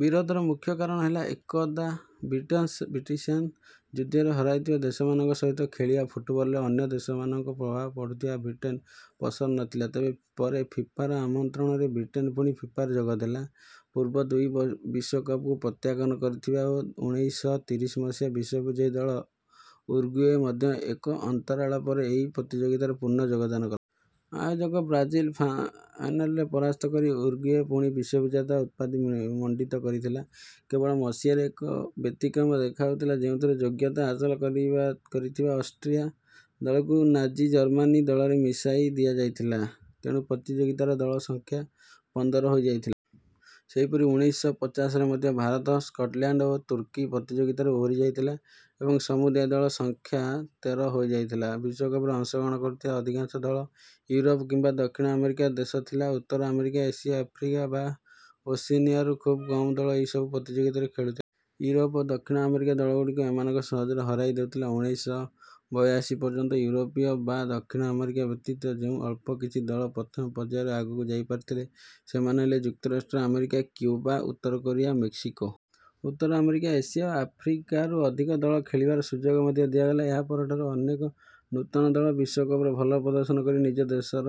ବିରୋଧର ମୁଖ୍ୟ କାରଣ ହେଲା ଏକଦା ବ୍ରିଟିଶ୍ମାନେ ଯୁଦ୍ଧରେ ହରାଇଥିବା ଦେଶମାନଙ୍କ ସହିତ ଖେଳିବା ଫୁଟବଲରେ ଅନ୍ୟ ଦେଶମାନଙ୍କ ପ୍ରଭାବ ବଢ଼ୁଥିବା ବ୍ରିଟେନ୍କୁ ପସନ୍ଦ ନଥିଲା। ତେବେ ପରେ ଫିଫାର ଆମନ୍ତ୍ରଣରେ ବ୍ରିଟେନ୍ ପୁଣି ଫିଫାରେ ଯୋଗ ଦେଲା। ପୂର୍ବ ଦୁଇ ବିଶ୍ୱକପକୁ ପ୍ରତ୍ୟାଖ୍ୟାନ କରିଥିବା ଓ ଉଣେଇଶ ଶହ ତିରିଶ ମସିହାର ବିଶ୍ୱବିଜୟୀ ଦଳ ଉରୁଗୁଏ ମଧ୍ୟ ଏକ ଅନ୍ତରାଳ ପରେ ଏହି ପ୍ରତିଯୋଗିତାରେ ପୁନଃ ଯୋଗଦାନ କଲା। ଆୟୋଜକ ବ୍ରାଜିଲ୍କୁ ଫାଇନାଲରେ ପରାସ୍ତ କରି ଉରୁଗୁଏ ପୁଣି ବିଶ୍ୱବିଜେତା ଉପାଧି ମଣ୍ଡିତ କରିଥିଲା। କେବଳ ମସିହାରେ ଏକ ବ୍ୟତିକ୍ରମ ଦେଖାଯାଇଥିଲା ଯେଉଁଥିରେ ଯୋଗ୍ୟତା ହାସଲ କରିଥିବା ଅଷ୍ଟ୍ରିଆ ଦଳକୁ ନାଜି ଜର୍ମାନୀ ଦଳରେ ମିଶାଇ ଦିଆଯାଇଥିଲା। ତେଣୁ ପ୍ରତିଯୋଗିତାର ଦଳ ସଂଖ୍ୟା ପନ୍ଦର ହୋଇଯାଇଥିଲା। ସେହିପରି ଉଣେଇଶ ଶହ ପଚାଶରେ ମଧ୍ୟ ଭାରତ ସ୍କଟଲ୍ୟାଣ୍ଡ ଓ ତୁର୍କୀ ପ୍ରତିଯୋଗିତାରୁ ଓହରି ଯାଇଥିଲେ ଏବଂ ସମୁଦାୟ ଦଳ ସଂଖ୍ୟା ତେର ହୋଇଯାଇଥିଲା। ବିଶ୍ୱକପରେ ଅଂଶଗ୍ରହଣ କରୁଥିବା ଅଧିକାଂଶ ଦଳ ୟୁରୋପ୍ କିମ୍ବା ଦକ୍ଷିଣ ଆମେରିକାର ଦେଶ ଥିଲେ। ଉତ୍ତର ଆମେରିକା ଏସିଆ ଆଫ୍ରିକା ବା ଓସେନିଆରୁ ଖୁବ୍ କମ୍ ଦଳ ଏହି ସବୁ ପ୍ରତିଯୋଗିତାରେ ଖେଳୁଥିଲେ। ୟୁରୋପ୍ ଓ ଦକ୍ଷିଣ ଆମେରିକାର ଦଳଗୁଡ଼ିକ ଏମାନଙ୍କୁ ସହଜରେ ହରାଇ ଦେଉଥିଲେ। ଉଣେଇଶ ଶହ ବୟାଅଶୀ ପର୍ଯ୍ୟନ୍ତ ୟୁରୋପୀୟ ବା ଦକ୍ଷିଣ ଆମେରିକୀୟ ବ୍ୟତୀତ ଯେଉଁ ଅଳ୍ପ କିଛି ଦଳ ପ୍ରଥମ ପର୍ଯ୍ୟାୟରୁ ଆଗକୁ ଯାଇପାରିଥିଲେ ସେମାନେ ହେଲେ ଯୁକ୍ତରାଷ୍ଟ୍ର ଆମେରିକା କ୍ୟୁବା ଉତ୍ତର କୋରିଆ ମେକ୍ସିକୋ। ଉତ୍ତର ଆମେରିକା ଏସିଆ ଓ ଆଫ୍ରିକାରୁ ଅଧିକ ଦଳ ଖେଳିବାର ସୁଯୋଗ ମଧ୍ୟ ଦିଆଗଲା। ଏହା ପରଠାରୁ ଅନେକ ନୂତନ ଦଳ ବିଶ୍ୱକପରେ ଭଲ ପ୍ରଦର୍ଶନ କରି ନିଜ ଦେଶର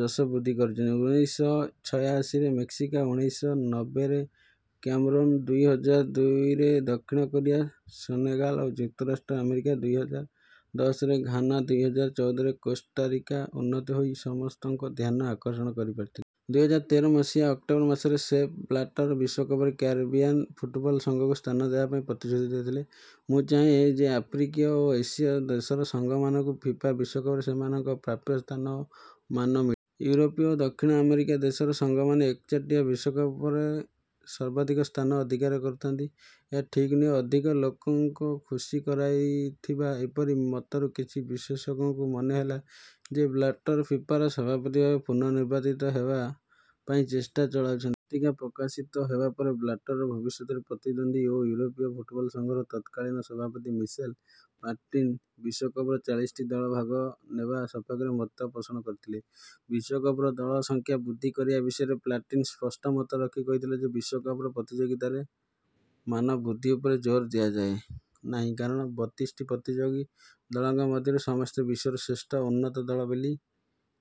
ଯଶ ବୃଦ୍ଧି କରିଛନ୍ତି। ଉଣେଇଶ ଶହ ଛୟାଅଶୀରେ ମେକ୍ସିକୋ ଉଣେଇଶ ଶହ ନବେ ରେ କ୍ୟାମେରୁନ୍ ଦୁଇ ହଜାର ଦୁଇରେ ଦକ୍ଷିଣ କୋରିଆ ସେନେଗାଲ୍ ଓ ଯୁକ୍ତରାଷ୍ଟ୍ର ଆମେରିକା ଦୁଇ ହଜାର ଦଶରେ ଘାନା ଦୁଇ ହଜାର ଚଉଦରେ କୋଷ୍ଟାରିକା ଉନ୍ନୀତ ହୋଇ ସମସ୍ତଙ୍କ ଧ୍ୟାନ ଆକର୍ଷଣ କରିପାରିଥିଲେ। ଦୁଇ ହଜାର ତେର ମସିହା ଅକ୍ଟୋବର ମାସରେ ସେପ୍ ବ୍ଲାଟର୍ ବିଶ୍ୱକପରେ କ୍ୟାରିବିଆନ୍ ଫୁଟବଲ୍ ସଂଘକୁ ସ୍ଥାନ ଦେବା ପାଇଁ ପ୍ରତିଶ୍ରୁତି ଦେଇଥିଲେ । ମୁଁ ଚାହେଁ ଯେ ଆଫ୍ରିକୀୟ ଓ ଏସୀୟ ଦେଶର ସଂଘମାନଙ୍କୁ ଫିଫା ବିଶ୍ୱକପରେ ସେମାନଙ୍କ ପ୍ରାପ୍ୟ ସ୍ଥାନ ଓ ମାନ ମିଳୁ । ୟୁରୋପୀୟ ଓ ଦକ୍ଷିଣ ଆମେରିକୀୟ ଦେଶର ସଂଘମାନେ ଏକଚାଟିଆ ବିଶ୍ୱକପରେ ସର୍ବାଧିକ ସ୍ଥାନ ଅଧିକାର କରୁଥାନ୍ତୁ – ଏହା ଠିକ୍ ନୁହେଁ । ଅଧିକ ଲୋକଙ୍କୁ ଖୁସି କରାଇଥିବା ଏପରି ମତରୁ କିଛି ବିଶ୍ଳେଷକଙ୍କୁ ମନେ ହେଲା ଯେ ବ୍ଲାଟର୍ ଫିଫାର ସଭାପତି ଭାବେ ପୁନଃ ନିର୍ବାଚିତ ହେବା ପାଇଁ ଚେଷ୍ଟା ଚଳାଇଛନ୍ତି । ପତ୍ରିକା ପ୍ରକାଶିତ ହେବା ପରେ ବ୍ଲାଟର୍‍ଙ୍କ ଭବିଷ୍ୟତର ପ୍ରତିଦ୍ୱନ୍ଦୀ ଓ ୟୁରୋପୀୟ ଫୁଟବଲ୍ ସଂଘର ତତ୍କାଳୀନ ସଭାପତି ମିସେଲ୍ ପ୍ଲାଟିନି ବିଶ୍ୱକପରେ ଚାଳିଶଟି ଦଳ ଭାଗ ନେବା ସପକ୍ଷରେ ମତ ପୋଷଣ କରିଥିଲେ । ବିଶ୍ୱକପରେ ଦଳ ସଂଖ୍ୟା ବୃଦ୍ଧି କରିବା ବିଷୟରେ ପ୍ଲାଟିନି ସ୍ପଷ୍ଟ ମତ ରଖି କହିଥିଲେ ଯେ – ବିଶ୍ୱକପରେ ପ୍ରତିଯୋଗିତାର ମାନ ବୃଦ୍ଧି ଉପରେ ଜୋର୍ ଦିଆଯାଏ ନାହିଁ କାରଣ ବତିଶଟି ପ୍ରତିଯୋଗୀ ଦଳଙ୍କ ମଧ୍ୟରୁ ସମସ୍ତେ ବିଶ୍ୱର ଶ୍ରେଷ୍ଠ ଓ ଉନ୍ନତ ଦଳ ବୋଲି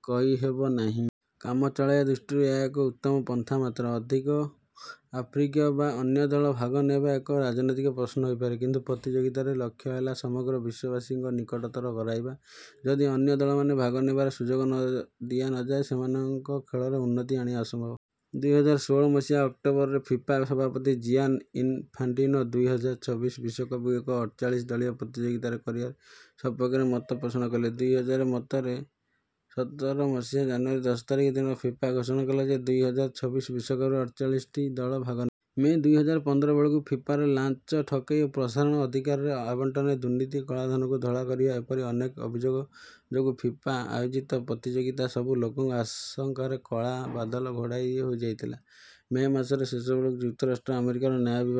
କହିହେବ ନାହିଁ । କାମ ଚଳାଇବା ଦୃଷ୍ଟିରୁ ଏହା ଏକ ଉତ୍ତମ ପନ୍ଥା ମାତ୍ର । ଅଧିକ ଆଫ୍ରିକୀୟ ବା ଅନ୍ୟ ଦଳ ଭାଗ ନେବା ଏକ ରାଜନୈତିକ ପ୍ରଶ୍ନ ହୋଇପାରେ । କିନ୍ତୁ ପ୍ରତିଯୋଗିତାର ଲକ୍ଷ୍ୟ ହେଲା ସମଗ୍ର ବିଶ୍ୱବାସୀଙ୍କୁ ନିକଟତର କରାଇବା । ଯଦି ଅନ୍ୟ ଦଳମାନଙ୍କୁ ଭାଗ ନେବାର ସୁଯୋଗ ଦିଆ ନଯାଏ, ସେମାନଙ୍କ ଖେଳରେ ଉନ୍ନତି ଆଣିବା ଅସମ୍ଭବ । ଦୁଇ ହଜାର ଷୋହଳ ମସିହା ଅକ୍ଟୋବରରେ ଫିଫା ସଭାପତି ଜିଆନି ଇନ୍‍ଫାଣ୍ଟିନୋ ଦୁଇ ହଜାର ଛବିଶ ବିଶ୍ୱକପକୁ ଏକ ଅଠଚାଳିଶ ଦଳୀୟ ପ୍ରତିଯୋଗିତା କରିବା ସପକ୍ଷରେ ମତ ପୋଷଣ କଲେ । ଦୁଇ ହଜାର ସତର ମସିହା ଜାନୁଆରୀ ଦଶ ତାରିଖ ଦିନ ଫିଫା ଘୋଷଣା କଲା ଯେ ଦୁଇ ହଜାର ଛବିଶ ବିଶ୍ୱକପରେ ଅଠଚାଳିଶଟି ଦଳ ଭାଗ ନେବେ । ମଇ ଦୁଇ ହଜାର ପନ୍ଦର ବେଳକୁ ଫିଫାରେ ଲାଞ୍ଚ, ଠକେଇ ଓ ପ୍ରସାରଣ ଅଧିକାରର ଆବଣ୍ଟନରେ ଦୁର୍ନିତି, କଳାଧନକୁ ଧଳା କରିବା – ଏପରି ଅନେକ ଅଭିଯୋଗ ଯୋଗୁଁ ଫିଫା ଆୟୋଜିତ ପ୍ରତିଯୋଗିତା ସବୁ ଲୋକଙ୍କ ଆଶଙ୍କାର କଳା ବାଦଲ ଘୋଡ଼ାଇ ହୋଇଯାଇଥିଲା ମଇ ମାସର ଶେଷ ବେଳକୁ ଯୁକ୍ତରାଷ୍ଟ୍ର ଆମେରିକାର ନ୍ୟାୟ ବିଭାଗ